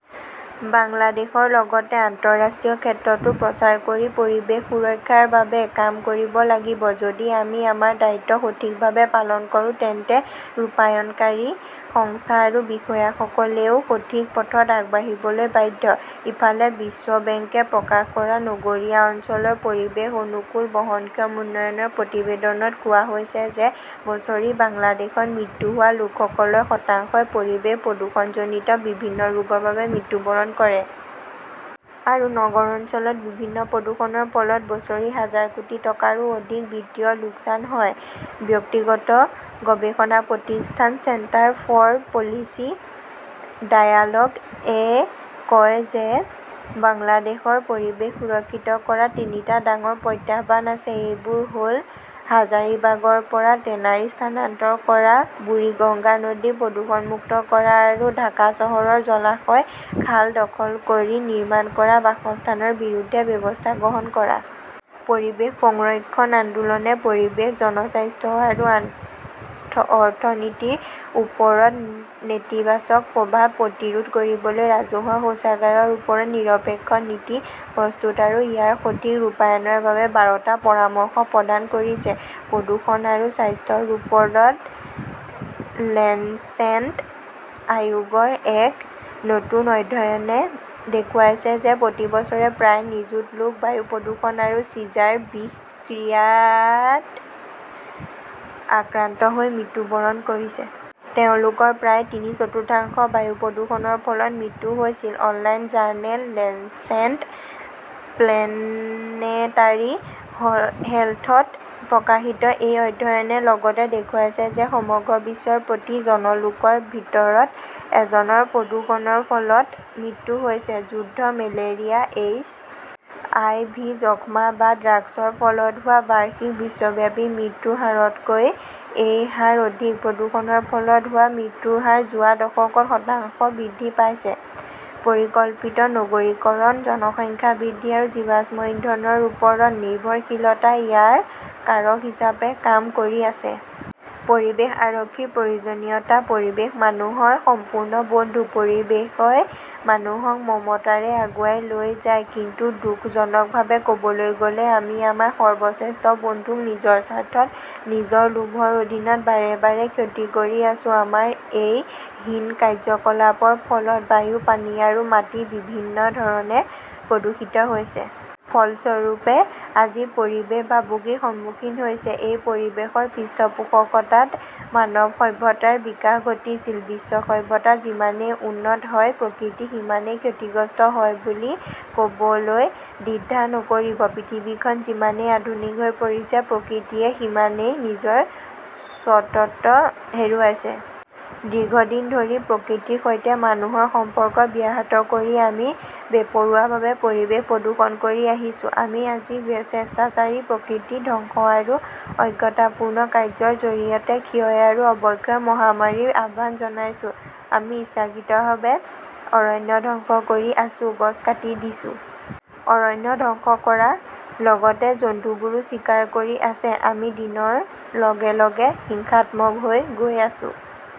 বাংলাদেশৰ লগতে আন্তঃৰাষ্ট্ৰীয় ক্ষেত্ৰতো প্ৰচাৰ কৰি পৰিৱেশ সুৰক্ষাৰ বাবে কাম কৰিব লাগিব। যদি আমি আমাৰ দায়িত্ব সঠিকভাৱে পালন কৰোঁ তেন্তে ৰূপায়ণকাৰী সংস্থা আৰু বিষয়াসকলেও সঠিক পথত আগবাঢ়িবলৈ বাধ্য। ইফালে, বিশ্ব বেংকে প্ৰকাশ কৰা নগৰীয়া অঞ্চলৰ পৰিৱেশ অনুকূল বহনক্ষম উন্নয়নৰ প্ৰতিবেদনত কোৱা হৈছে যে বছৰি বাংলাদেশত মৃত্যু হোৱা লোকসকলৰ শতাংশই পৰিৱেশ প্ৰদূষণজনিত বিভিন্ন ৰোগৰ বাবে মৃত্যুবৰণ কৰে। আৰু নগৰ অঞ্চলত বিভিন্ন প্ৰদূষণৰ ফলত বছৰি হাজাৰ কোটি টকাৰো অধিক বিত্তীয় লোকচান হয়। ব্যক্তিগত গৱেষণা প্ৰতিষ্ঠান চেণ্টাৰ ফৰ পলিচি ডায়ালগ -এ কয় যে, বাংলাদেশৰ পৰিৱেশ সুৰক্ষিত কৰাত তিনিটা ডাঙৰ প্ৰত্যাহ্বান আছে। এইবোৰ হ'ল হাজাৰিবাগৰ পৰা টেনাৰী স্থানান্তৰ কৰা, বুৰিগঙ্গা নদীক প্ৰদূষণমুক্ত কৰা আৰু ঢাকা চহৰৰ জলাশয়, খাল দখল কৰি নিৰ্মাণ কৰা বাসস্থানৰ বিৰুদ্ধে ব্যৱস্থা গ্ৰহণ কৰা। পৰিৱেশ সংৰক্ষণ আন্দোলনে পৰিৱেশ, জনস্বাস্থ্য আৰু অৰ্থনীতিৰ ওপৰত নেতিবাচক প্ৰভাৱ প্ৰতিৰোধ কৰিবলৈ ৰাজহুৱা শৌচাগাৰৰ ওপৰত নিৰপেক্ষ নীতি প্ৰস্তুত আৰু ইয়াৰ সঠিক ৰূপায়ণৰ বাবে বাৰটা পৰামৰ্শ প্ৰদান কৰিছে। প্ৰদূষণ আৰু স্বাস্থ্যৰ ওপৰত লেঞ্চেট আয়োগৰ এক নতুন অধ্যয়নে দেখুৱাইছে যে, প্ৰতি বছৰে প্ৰায় নিযুত লোক বায়ু প্ৰদূষণ আৰু চিজাৰ বিষক্ৰিয়াত আক্ৰান্ত হৈ মৃত্যুবৰণ কৰিছে। তেওঁলোকৰ প্ৰায় তিনি-চতুৰ্থাংশ বায়ু প্ৰদূষণৰ ফলত মৃত্যু হৈছিল। অনলাইন জাৰ্নেল লেঞ্চেট প্লেনেটাৰী হেল্থত প্ৰকাশিত এই অধ্যয়নে লগতে দেখুৱাইছে যে সমগ্ৰ বিশ্বৰ প্ৰতি জন লোকৰ ভিতৰত এজনৰ প্ৰদূষণৰ ফলত মৃত্যু হৈছে। যুদ্ধ, মেলেৰিয়া, এইচ. আই. ভি., যক্ষ্মা বা ড্ৰাগছৰ ফলত হোৱা বাৰ্ষিক বিশ্বব্যাপী মৃত্যুৰ হাৰতকৈ এই হাৰ অধিক। প্ৰদূষণৰ ফলত হোৱা মৃত্যুৰ হাৰ যোৱা দশকত শতাংশ বৃদ্ধি পাইছে। পৰিকল্পিত নগৰীকৰণ, জনসংখ্যা বৃদ্ধি আৰু জীৱাশ্ম ইন্ধনৰ ওপৰত নিৰ্ভৰশীলতা ইয়াৰ কাৰক হিচাপে কাম কৰি আছে। পৰিৱেশ আৰক্ষীৰ প্ৰয়োজনীয়তা পৰিৱেশ মানুহৰ সম্পূৰ্ণ বন্ধু। পৰিৱেশই মানুহক মমতাৰে আগুৱাই লৈ যায়। কিন্তু দুখজনকভাৱে কবলৈ গ'লে, আমি আমাৰ সৰ্বশ্ৰেষ্ঠ বন্ধুক নিজৰ স্বাৰ্থত, নিজৰ লোভৰ অধীনত বাৰে বাৰে ক্ষতি কৰি আহিছো। আমাৰ এই হীন কাৰ্যকলাপৰ ফলত বায়ু, পানী আৰু মাটি বিভিন্ন ধৰণে প্ৰদূষিত হৈছে। ফলস্বৰূপে, আজি পৰিৱেশ ভাবুকিৰ সন্মুখীন হৈছে। এই পৰিৱেশৰ পৃষ্ঠপোষকতাত মানৱ সভ্যতাৰ বিকাশ ঘটিছিল। বিশ্ব সভ্যতা যিমানেই উন্নত হয়, প্ৰকৃতি সিমানেই ক্ষতিগ্ৰস্ত হয় বুলি ক বলৈ দ্বিধা নকৰিব। পৃথিৱীখন যিমানেই আধুনিক হৈ পৰিছে, প্ৰকৃতিয়ে সিমানেই নিজৰ স্বত্ব হেৰুৱাইছে। দীৰ্ঘদিন ধৰি প্ৰকৃতিৰ সৈতে মানুহৰ সম্পৰ্ক ব্যাহত কৰি আমি বেপৰোৱাভাৱে পৰিৱেশ প্ৰদূষণ কৰি আহিছো, আমি আজি স্বেচ্ছাচাৰী প্ৰকৃতি ধ্বংস আৰু অজ্ঞতাপূৰ্ণ কাৰ্য্যৰ জৰিয়তে ক্ষয় আৰু অৱক্ষয়ৰ মহামাৰীৰ আহ্বান জনাইছো। আমি ইচ্ছাকৃতভাৱে অৰণ্য ধ্বংস কৰি আছো, গছ কাটি দিছো। অৰণ্য ধ্বংস কৰা। লগতে জন্তুবোৰো চিকাৰ কৰি আছে। আমি দিনৰ লগে লগে হিংসাত্মক হৈ গৈ আছো।